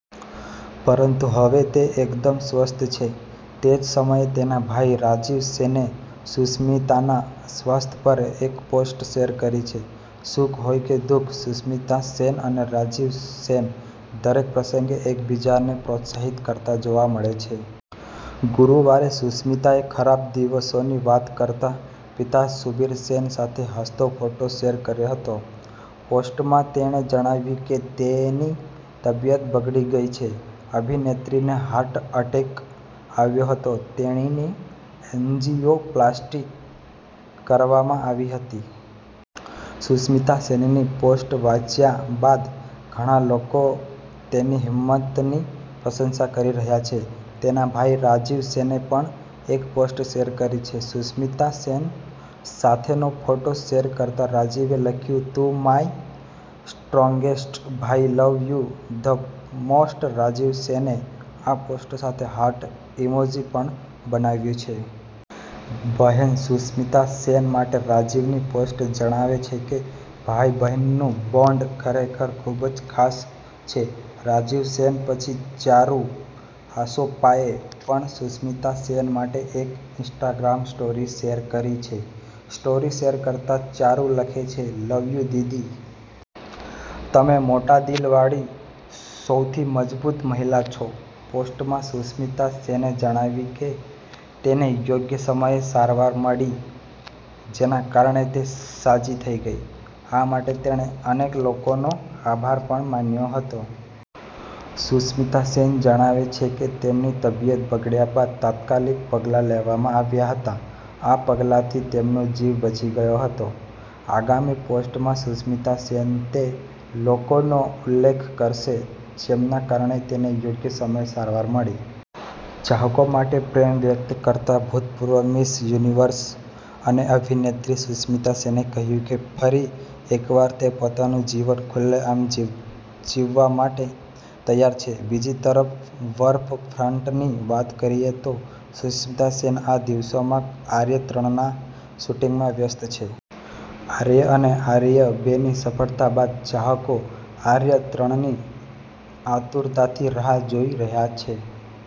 પરંતુ હવે તે એકદમ સ્વસ્થ છે. તે જ સમયે, તેના ભાઈ રાજીવ સેને સુષ્મિતાના સ્વાસ્થ્ય પર એક પોસ્ટ શેર કરી છે. સુખ હોય કે દુઃખ, સુષ્મિતા સેન અને રાજીવ સેન દરેક પ્રસંગે એકબીજાને પ્રોત્સાહિત કરતા જોવા મળે છે. ગુરુવારે સુષ્મિતાએ ખરાબ દિવસોની વાત કરતા પિતા સુબીર સેન સાથે હસતો ફોટો શેર કર્યો હતો. પોસ્ટમાં તેણે જણાવ્યું કે તેની તબિયત બગડી ગઈ છે. અભિનેત્રીને હાર્ટ અટેક આવ્યો હતો, તેણીની એન્જીયોપ્લાસ્ટી કરવામાં આવી હતી. સુષ્મિતા સેનની પોસ્ટ વાંચ્યા બાદ ઘણા લોકો તેની હિંમતની પ્રશંસા કરી રહ્યા છે. તેના ભાઈ રાજીવ સેને પણ એક પોસ્ટ શેર કરી છે. સુષ્મિતા સેન સાથેનો ફોટો શેર કરતા રાજીવે લખ્યું તું માય સ્ટ્રોંગેસ્ટ ભાઈ love you the most Rajiv સેને આ પોસ્ટ સાથે હાર્ટ ઇમોજી પણ બનાવ્યું છે. બહેન સુષ્મિતા સેન માટે રાજીવની પોસ્ટ જણાવે છે કે ભાઈ-બહેનનું બોન્ડ ખરેખર ખૂબ જ ખાસ છે. રાજીવ સેન પછી ચારુ આસોપાએ પણ સુષ્મિતા સેન માટે એક ઈન્સ્ટાગ્રામ સ્ટોરી શેર કરી છે. સ્ટોરી શેર કરતાં ચારુ લખે છે, 'લવ યુ દીદી. તમે મોટા દિલ વાળી સૌથી મજબૂત મહિલા છો. પોસ્ટમાં સુષ્મિતા સેને જણાવ્યું કે તેને યોગ્ય સમયે સારવાર મળી, જેના કારણે તે સાજી થઈ ગઈ. આ માટે તેણે અનેક લોકોનો આભાર પણ માન્યો હતો. સુષ્મિતા સેન જણાવે છે કે તેમની તબિયત બગડ્યા બાદ તાત્કાલિક પગલાં લેવામાં આવ્યા હતા, આ પગલાંથી તેમનો જીવ બચી ગયો હતો. આગામી પોસ્ટમાં, સુષ્મિતા સેન તે લોકોનો ઉલ્લેખ કરશે, જેમના કારણે તેને યોગ્ય સમયે સારવાર મળી. ચાહકો માટે પ્રેમ વ્યક્ત કરતા ભૂતપૂર્વ મિસ યુનિવર્સ અને અભિનેત્રી સુષ્મિતા સેને કહ્યું કે ફરી એકવાર તે પોતાનું જીવન ખુલ્લેઆમ જીવ જીવવા માટે તૈયાર છે. બીજી તરફ વર્ક ફ્રન્ટની વાત કરીએ તો સુષ્મિતા સેન આ દિવસોમાં આર્ય ત્રણના શૂટિંગમાં વ્યસ્ત છે. આર્ય અને આર્ય બે ની સફળતા બાદ ચાહકો આર્ય ત્રણ ની આતુરતાથી રાહ જોઈ રહ્યા છે.